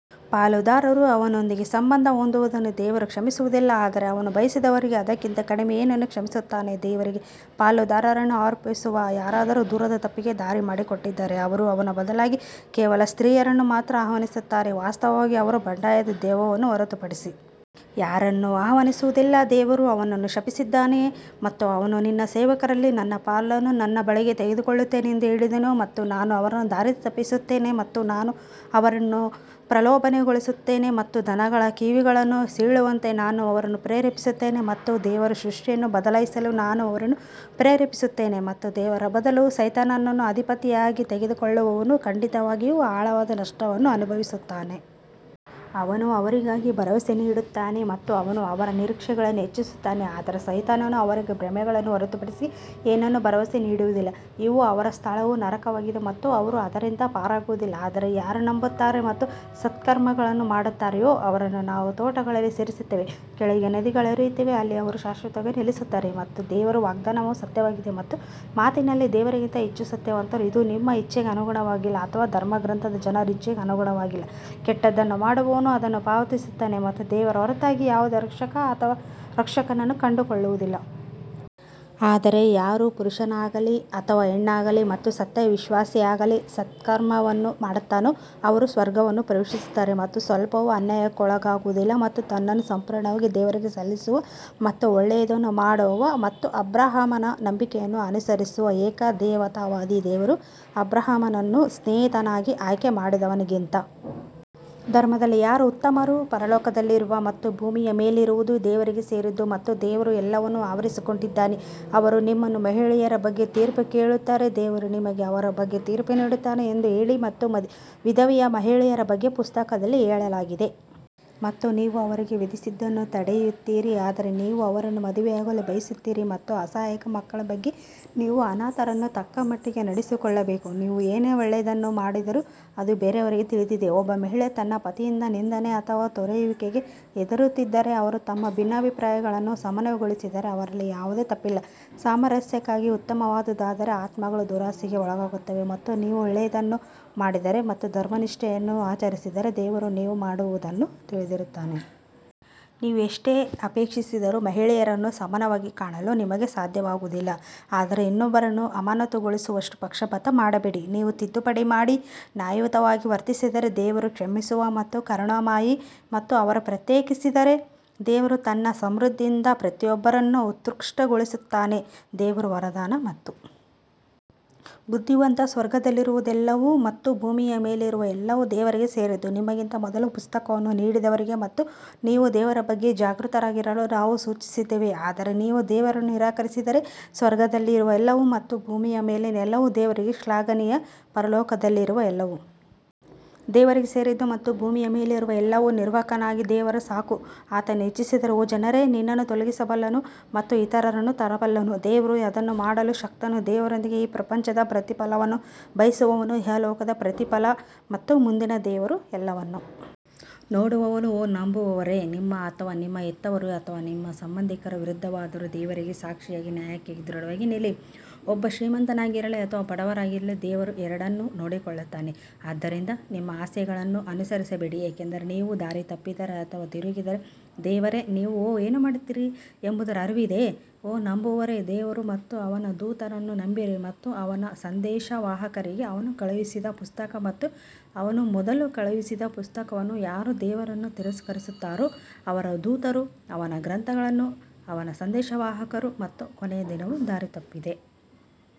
ಪಾಲುದಾರರು ಅವನೊಂದಿಗೆ ಸಂಬಂಧ ಹೊಂದುವುದನ್ನು ದೇವರು ಕ್ಷಮಿಸುವುದಿಲ್ಲ ಆದರೆ ಅವನು ಬಯಸಿದವರಿಗೆ ಅದಕ್ಕಿಂತ ಕಡಿಮೆ ಏನನ್ನೂ ಕ್ಷಮಿಸುತ್ತಾನೆ, ದೇವರಿಗೆ ಪಾಲುದಾರರನ್ನು ಆರೋಪಿಸುವ ಯಾರಾದರೂ ದೂರದ ತಪ್ಪಿಗೆ ದಾರಿ ಮಾಡಿಕೊಟ್ಟಿದ್ದಾರೆ. ಅವರು ಅವನ ಬದಲಾಗಿ ಕೇವಲ ಸ್ತ್ರೀಯರನ್ನು ಮಾತ್ರ ಆಹ್ವಾನಿಸುತ್ತಾರೆ ವಾಸ್ತವವಾಗಿ ಅವರು ಬಂಡಾಯದ ದೆವ್ವವನ್ನು ಹೊರತುಪಡಿಸಿ ಯಾರನ್ನೂ ಆಹ್ವಾನಿಸುವುದಿಲ್ಲ ದೇವರು ಅವನನ್ನು ಶಪಿಸಿದ್ದಾನೆ ಮತ್ತು ಅವನು ನಿನ್ನ ಸೇವಕರಲ್ಲಿ ನನ್ನ ಪಾಲನ್ನು ನನ್ನ ಬಳಿಗೆ ತೆಗೆದುಕೊಳ್ಳುತ್ತೇನೆ ಎಂದು ಹೇಳಿದನು ಮತ್ತು ನಾನು ಅವರನ್ನು ದಾರಿತಪ್ಪಿಸುತ್ತೇನೆ ಮತ್ತು ನಾನು ಅವರನ್ನು ಪ್ರಲೋಭನೆಗೊಳಿಸುತ್ತೇನೆ ಮತ್ತು ದನಗಳ ಕಿವಿಗಳನ್ನು ಸೀಳುವಂತೆ ನಾನು ಅವರನ್ನು ಪ್ರೇರೇಪಿಸುತ್ತೇನೆ ಮತ್ತು ದೇವರ ಸೃಷ್ಟಿಯನ್ನು ಬದಲಾಯಿಸಲು ನಾನು ಅವರನ್ನು ಪ್ರೇರೇಪಿಸುತ್ತೇನೆ ಮತ್ತು ದೇವರ ಬದಲು ಸೈತಾನನನ್ನು ಅಧಿಪತಿಯಾಗಿ ತೆಗೆದುಕೊಳ್ಳುವವನು ಖಂಡಿತವಾಗಿಯೂ ಆಳವಾದ ನಷ್ಟವನ್ನು ಅನುಭವಿಸುತ್ತಾನೆ. ಅವನು ಅವರಿಗೆ ಭರವಸೆ ನೀಡುತ್ತಾನೆ ಮತ್ತು ಅವನು ಅವರ ನಿರೀಕ್ಷೆಗಳನ್ನು ಹೆಚ್ಚಿಸುತ್ತಾನೆ ಆದರೆ ಸೈತಾನನು ಅವರಿಗೆ ಭ್ರಮೆಗಳನ್ನು ಹೊರತುಪಡಿಸಿ ಏನನ್ನೂ ಭರವಸೆ ನೀಡುವುದಿಲ್ಲ ಇವು ಅವರ ಸ್ಥಳವು ನರಕವಾಗಿದೆ ಮತ್ತು ಅವರು ಅದರಿಂದ ಪಾರಾಗುವುದಿಲ್ಲ ಆದರೆ ಯಾರು ನಂಬುತ್ತಾರೆ ಮತ್ತು ಸತ್ಕರ್ಮಗಳನ್ನು ಮಾಡುತ್ತಾರೆಯೋ ಅವರನ್ನು ನಾವು ತೋಟಗಳಲ್ಲಿ ಸೇರಿಸುತ್ತೇವೆ, ಕೆಳಗೆ ನದಿಗಳು ಹರಿಯುತ್ತವೆ, ಅಲ್ಲಿ ಅವರು ಶಾಶ್ವತವಾಗಿ ನೆಲೆಸುತ್ತಾರೆ ಮತ್ತು ದೇವರ ವಾಗ್ದಾನವು ಸತ್ಯವಾಗಿದೆ ಮತ್ತು ಮಾತಿನಲ್ಲಿ ದೇವರಿಗಿಂತ ಹೆಚ್ಚು ಸತ್ಯವಂತರು ಇದು ನಿಮ್ಮ ಇಚ್ಛೆಗೆ ಅನುಗುಣವಾಗಿಲ್ಲ ಅಥವಾ ಧರ್ಮಗ್ರಂಥದ ಜನರ ಇಚ್ಛೆಗೆ ಅನುಗುಣವಾಗಿಲ್ಲ, ಕೆಟ್ಟದ್ದನ್ನು ಮಾಡುವವನು ಅದನ್ನು ಪಾವತಿಸುತ್ತಾನೆ ಮತ್ತು ದೇವರ ಹೊರತಾಗಿ ಯಾವುದೇ ರಕ್ಷಕ ಅಥವಾ ರಕ್ಷಕನನ್ನು ಕಂಡುಕೊಳ್ಳುವುದಿಲ್ಲ. ಆದರೆ ಯಾರು ಪುರುಷನಾಗಲಿ ಅಥವಾ ಹೆಣ್ಣಾಗಲಿ ಮತ್ತು ಸತ್ಯವಿಶ್ವಾಸಿಯಾಗಲಿ ಸತ್ಕರ್ಮವನ್ನು ಮಾಡುತ್ತಾನೋ ಅವರು ಸ್ವರ್ಗವನ್ನು ಪ್ರವೇಶಿಸುತ್ತಾರೆ ಮತ್ತು ಸ್ವಲ್ಪವೂ ಅನ್ಯಾಯಕ್ಕೊಳಗಾಗುವುದಿಲ್ಲ. ಮತ್ತು ತನ್ನನ್ನು ಸಂಪೂರ್ಣವಾಗಿ ದೇವರಿಗೆ ಸಲ್ಲಿಸುವ ಮತ್ತು ಒಳ್ಳೆಯದನ್ನು ಮಾಡುವವ ಮತ್ತು ಅಬ್ರಹಾಮನ ನಂಬಿಕೆಯನ್ನು ಅನುಸರಿಸುವ ಏಕದೇವತಾವಾದಿ ದೇವರು ಅಬ್ರಹಾಮನನ್ನು ಸ್ನೇಹಿತನಾಗಿ ಆಯ್ಕೆ ಮಾಡಿದವನಿಗಿಂತ ಧರ್ಮದಲ್ಲಿ ಯಾರು ಉತ್ತಮರು ಪರಲೋಕದಲ್ಲಿರುವ ಮತ್ತು ಭೂಮಿಯ ಮೇಲಿರುವುದು ದೇವರಿಗೆ ಸೇರಿದ್ದು ಮತ್ತು ದೇವರು ಎಲ್ಲವನ್ನೂ ಆವರಿಸಿಕೊಂಡಿದ್ದಾನೆ ಅವರು ನಿಮ್ಮನ್ನು ಮಹಿಳೆಯರ ಬಗ್ಗೆ ತೀರ್ಪು ಕೇಳುತ್ತಾರೆ, ದೇವರು ನಿಮಗೆ ಅವರ ಬಗ್ಗೆ ತೀರ್ಪು ನೀಡುತ್ತಾನೆ ಎಂದು ಹೇಳಿ ಮತ್ತು ವಿಧವೆಯ ಮಹಿಳೆಯರ ಬಗ್ಗೆ ಪುಸ್ತಕದಲ್ಲಿ ಹೇಳಲಾಗಿದೆ ಮತ್ತು ನೀವು ಅವರಿಗೆ ವಿಧಿಸಿದ್ದನ್ನು ತಡೆಹಿಡಿಯುತ್ತೀರಿ ಆದರೆ ನೀವು ಅವರನ್ನು ಮದುವೆಯಾಗಲು ಬಯಸುತ್ತೀರಿ ಮತ್ತು ಅಸಹಾಯಕ ಮಕ್ಕಳ ಬಗ್ಗೆ ನೀವು ಅನಾಥರನ್ನು ತಕ್ಕಮಟ್ಟಿಗೆ ನಡೆಸಿಕೊಳ್ಳಬೇಕು, ನೀವು ಏನೇ ಒಳ್ಳೆಯದನ್ನು ಮಾಡಿದರೂ ಅದು ದೇವರಿಗೆ ತಿಳಿದಿದೆ ಒಬ್ಬ ಮಹಿಳೆ ತನ್ನ ಪತಿಯಿಂದ ನಿಂದನೆ ಅಥವಾ ತೊರೆಯುವಿಕೆಗೆ ಹೆದರುತ್ತಿದ್ದರೆ ಅವರು ತಮ್ಮ ಭಿನ್ನಾಭಿಪ್ರಾಯಗಳನ್ನು ಸಮನ್ವಯಗೊಳಿಸಿದರೆ ಅವರಲ್ಲಿ ಯಾವುದೇ ತಪ್ಪಿಲ್ಲ, ಸಾಮರಸ್ಯಕ್ಕಾಗಿ ಉತ್ತಮವಾದುದಾದರೆ ಆತ್ಮಗಳು ದುರಾಸೆಗೆ ಒಳಗಾಗುತ್ತವೆ ಮತ್ತು ನೀವು ಒಳ್ಳೆಯದನ್ನು ಮಾಡಿದರೆ ಮತ್ತು ಧರ್ಮನಿಷ್ಠೆಯನ್ನು ಆಚರಿಸಿದರೆ ದೇವರು ನೀವು ಮಾಡುವದನ್ನು ತಿಳಿದಿರುತ್ತಾನೆ. ನೀವು ಎಷ್ಟೇ ಅಪೇಕ್ಷಿಸಿದರೂ ಮಹಿಳೆಯರನ್ನು ಸಮಾನವಾಗಿ ಕಾಣಲು ನಿಮಗೆ ಸಾಧ್ಯವಾಗುವುದಿಲ್ಲ ಆದರೆ ಇನ್ನೊಬ್ಬರನ್ನು ಅಮಾನತುಗೊಳಿಸುವಷ್ಟು ಪಕ್ಷಪಾತ ಮಾಡಬೇಡಿ ನೀವು ತಿದ್ದುಪಡಿ ಮಾಡಿ ನ್ಯಾಯಯುತವಾಗಿ ವರ್ತಿಸಿದರೆ ದೇವರು ಕ್ಷಮಿಸುವ ಮತ್ತು ಕರುಣಾಮಯಿ ಮತ್ತು ಅವರು ಪ್ರತ್ಯೇಕಿಸಿದರೆ ದೇವರು ತನ್ನ ಸಮೃದ್ಧಿಯಿಂದ ಪ್ರತಿಯೊಬ್ಬರನ್ನು ಉತ್ಕೃಷ್ಟಗೊಳಿಸುತ್ತಾನೆ ದೇವರು ವರದಾನ ಮತ್ತು ಬುದ್ಧಿವಂತ ಸ್ವರ್ಗದಲ್ಲಿರುವುದೆಲ್ಲವೂ ಮತ್ತು ಭೂಮಿಯ ಮೇಲಿರುವ ಎಲ್ಲವೂ ದೇವರಿಗೆ ಸೇರಿದ್ದು, ನಿಮಗಿಂತ ಮೊದಲು ಪುಸ್ತಕವನ್ನು ನೀಡಿದವರಿಗೆ ಮತ್ತು ನೀವು ದೇವರ ಬಗ್ಗೆ ಜಾಗೃತರಾಗಿರಲು ನಾವು ಸೂಚಿಸಿದ್ದೇವೆ ಆದರೆ ನೀವು ದೇವರನ್ನು ನಿರಾಕರಿಸಿದರೆ ಸ್ವರ್ಗದಲ್ಲಿರುವ ಎಲ್ಲವೂ ಮತ್ತು ಭೂಮಿಯ ಮೇಲಿನ ಎಲ್ಲವೂ ದೇವರಿಗೆ ಶ್ಲಾಘನೀಯ ಪರಲೋಕದಲ್ಲಿರುವ ಎಲ್ಲವೂ ದೇವರಿಗೆ ಸೇರಿದ್ದು ಮತ್ತು ಭೂಮಿಯ ಮೇಲಿರುವ ಎಲ್ಲವೂ ನಿರ್ವಾಹಕನಾಗಿ ದೇವರು ಸಾಕು ಆತನು ಇಚ್ಛಿಸಿದರೆ ಓ ಜನರೇ ನಿನ್ನನ್ನು ತೊಲಗಿಸಬಲ್ಲನು ಮತ್ತು ಇತರರನ್ನು ತರಬಲ್ಲನು ದೇವರು ಅದನ್ನು ಮಾಡಲು ಶಕ್ತನು ದೇವರೊಂದಿಗೆ ಈ ಪ್ರಪಂಚದ ಪ್ರತಿಫಲವನ್ನು ಬಯಸುವವನು ಇಹಲೋಕದ ಪ್ರತಿಫಲ ಮತ್ತು ಮುಂದಿನ ದೇವರು ಎಲ್ಲವನ್ನೂ ನೋಡುವವನು ಓ ನಂಬುವವರೇ, ನಿಮ್ಮ ಅಥವಾ ನಿಮ್ಮ ಹೆತ್ತವರು ಅಥವಾ ನಿಮ್ಮ ಸಂಬಂಧಿಕರ ವಿರುದ್ಧವಾದರೂ ದೇವರಿಗೆ ಸಾಕ್ಷಿಯಾಗಿ ನ್ಯಾಯಕ್ಕಾಗಿ ದೃಢವಾಗಿ ನಿಲ್ಲಿರಿ, ಒಬ್ಬ ಶ್ರೀಮಂತನಾಗಿರಲಿ ಅಥವಾ ಬಡವರಾಗಿರಲಿ ದೇವರು ಎರಡನ್ನೂ ನೋಡಿಕೊಳ್ಳುತ್ತಾನೆ ಆದ್ದರಿಂದ ನಿಮ್ಮ ಆಸೆಗಳನ್ನು ಅನುಸರಿಸಬೇಡಿ ಏಕೆಂದರೆ ನೀವು ದಾರಿ ತಪ್ಪಿದರೆ ಅಥವಾ ತಿರುಗಿದರೆ ದೇವರೇ ನೀವು ಏನು ಮಾಡುತ್ತೀರಿ ಎಂಬುದರ ಅರಿವಿದೆ ಓ ನಂಬುವವರೇ, ದೇವರು ಮತ್ತು ಅವನ ದೂತರನ್ನು ನಂಬಿರಿ ಮತ್ತು ಅವನ ಸಂದೇಶವಾಹಕರಿಗೆ ಅವನು ಕಳುಹಿಸಿದ ಪುಸ್ತಕ ಮತ್ತು ಅವನು ಮೊದಲು ಕಳುಹಿಸಿದ ಪುಸ್ತಕವನ್ನು ಯಾರು ದೇವರನ್ನು ತಿರಸ್ಕರಿಸುತ್ತಾರೋ ಅವರ ದೂತರು ಅವನ ಗ್ರಂಥಗಳನ್ನು ಅವನ ಸಂದೇಶವಾಹಕರು ಮತ್ತು ಕೊನೆಯ ದಿನವು ದಾರಿ ತಪ್ಪಿದೆ.